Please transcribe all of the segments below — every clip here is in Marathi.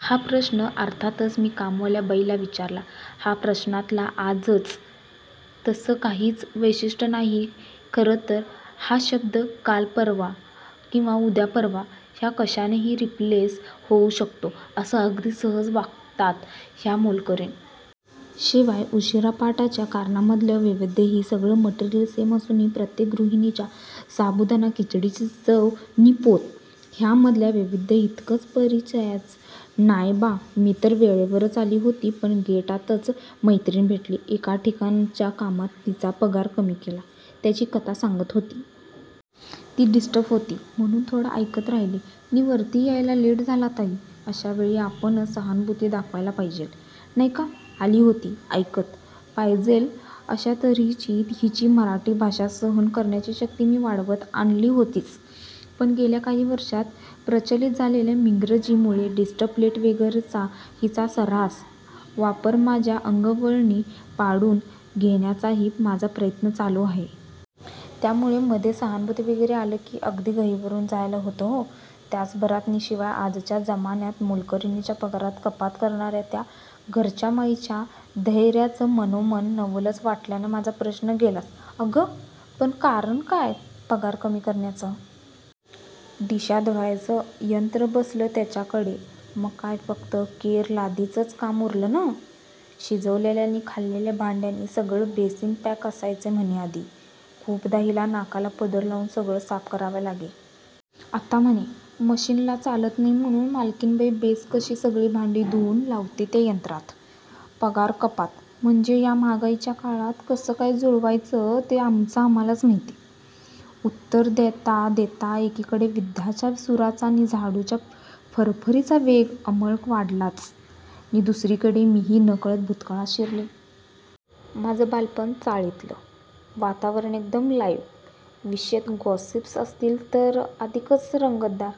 हा प्रश्न अर्थातच मी कामवाल्या बाईला विचारला. ह्या प्रश्नातल्या आज चं तसं काहीच वैशिष्टय नाहिये खरंतर! हा शब्द, काल, परवा किंवा उद्या परवा ह्या कशानेही रिप्लेस होऊ शकतो असं अगदी सहज वागतात ह्या मोलकरणी. शिवाय उशीरापाठच्या कारणांमधलं वैविध्यही, सगळं मटेरिअल सेम असूनही प्रत्येक गृहिणीच्या साबुदाणा खिचडीची चव नि पोत हयामधल्या वैविध्या इतकंच परिचयाचं! "नाय बा, मी तर वेळेवरच आली होती. पण गेटातच मैत्रिण भेटली. 'एका ठिकाणच्या कामात तिचा पगार कमी केला' त्याची कथा सांगत होती. ती डिस्टप होती म्हणून थोडं आयकत राह्यले नि वरती यायला लेट झाला ताई! अशावेळी आपणच सहाणुभूती दाखवायला पायजेल, नाय का? " आली होती, आयकत, पायजेल अशा तर्हेची हिची मराठी भाषा सहन करण्याची शक्ती मी वाढवत आणली होतीच पण गेल्या काही वर्षात प्रचलित झालेल्या मिंग्रजी मुळे डिस्टप लेट वगैरेचा हिचा सर्रास वापर माझ्या अंगवळणी पाडून घेण्याचाही माझा प्रयत्न चालू आहे. त्यामुळे मध्येच सहानुभूती वगैरे आलं की अगदी गहिवरून जायला होतं हो! त्याचभरात नि शिवाय आजच्या जमान्यात मोलकरणीच्या पगारात कपात करणारया 'त्या' घरच्या माईच्या धैर्याचंमनोमन नवलच वाटल्याने माझा प्रश्न गेलाच. " अग्गं, पण कारण काय पगार कमी करण्याचं? "" डिशा धुवायचं यंत्र बसलं त्यांच्याकडे, मग काय फक्त केर-लादीचंच काम उरलं नं! शिजवलेल्या नि खाल्लेल्या भांड्यांनी सगळं बेसिन पॅक असायचं म्हणे आधी. खूपदा हिला नाकाला पदर लावून सगळं साफ करावं लागे. आता म्हणे, मशिनला चालत नाही म्हणून मालकीणबाई बेस कशी सगळी भांडी धुवून लावते त्या यंत्रात! 'पगार कपात' म्हंज्ये ह्या म्हागाईच्या काळात कस्काय जुळवायचं ते आमचं आम्हालाच म्हैत! " उत्तर देता देता एकीकडे विद्याच्या सूराचा नि झाडूच्या फरफरीचा वेग अंमळ वाढलाच नि दुसरीकडे मीही नकळत भूतकाळात शिरले. माझं बालपण चाळीतलं. वातावरण एकदम लाईव्ह! विशेषतः गॅासिप्स असतील तर अधिकच रंगतदार!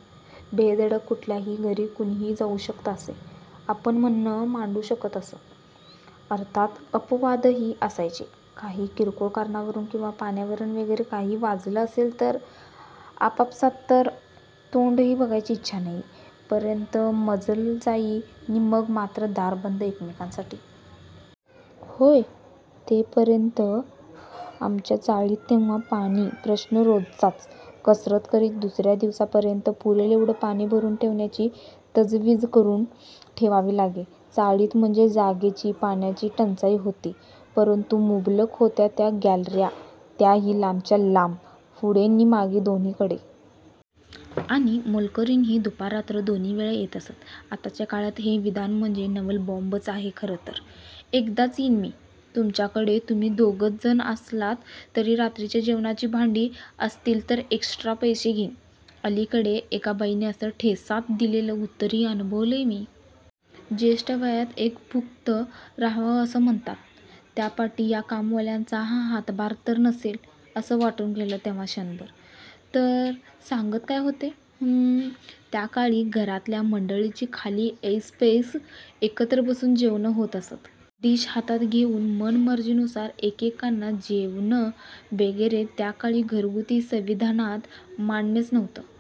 बेधडक कुठल्याही घरी कुणीही जाऊ शकत असे, आपलं म्हणणं मांडू शकत असे. अर्थात् अपवादही असायचे. काही किरकोळ कारणांवरून किंवा पाण्यावरून वगैरे काही वाजलं असेल आपसात तर……… ' तोंडही बघायची इच्छा नाही' पर्यंत मजल जाई नि मग मात्र दारं बंद एकमेकांसाठी! होय!! ते पर्यंत आमच्या चाळीत तेव्हा पाणी-प्रश्न रोजचाच! कसरत करीत दुसरया दिवसापर्यंत पुरेल एवढं पाणी भरून ठेवण्याची तजवीज करून ठेवावी लागे. चाळीत म्हणजे जागेची, पाण्याची 'टंचाई' होती परंतु 'मुबलक' होत्या त्या गॅलरया. त्याही लांबच्या लांब, पुढे नि मागे दोन्हीकडे! आणि….. मोलकरणीही दुपार-रात्र दोन्हीवेळा येत असत. आत्ताच्या काळात हे विधान म्हणजे नवल-बॅाम्ब च आहे खरं तर! " एकदाच यीन मी. तुमच्याकडे तुम्ही दोघंच जणं असलात तरी रात्रीच्या जेवणाची भांडी असतील तर एक्श्ट्रा पैसे घीन" अलीकडे, एका बाईंनं असं 'टेसात' दिलेलं उत्तरही अनुभवलंय मी! ज्येष्ठ वयात एकभुक्त रहावं असं म्हणतात त्यापाठी ह्या कामवाल्यांचा हा हातभार तर नसेल? असं वाटून गेलं तेव्हा क्षणभर! तर….. सांगत काय होते? हं! त्याकाळी घरातल्या मंडळींची खाली ऐसपैस एकत्र बसून जेवणं होत असत. डिश हातात घेऊन मनमर्जीनुसार एकेकानं जेवणं वगैरे त्याकाळी घरगुती संविधानात मान्यच नव्हतं.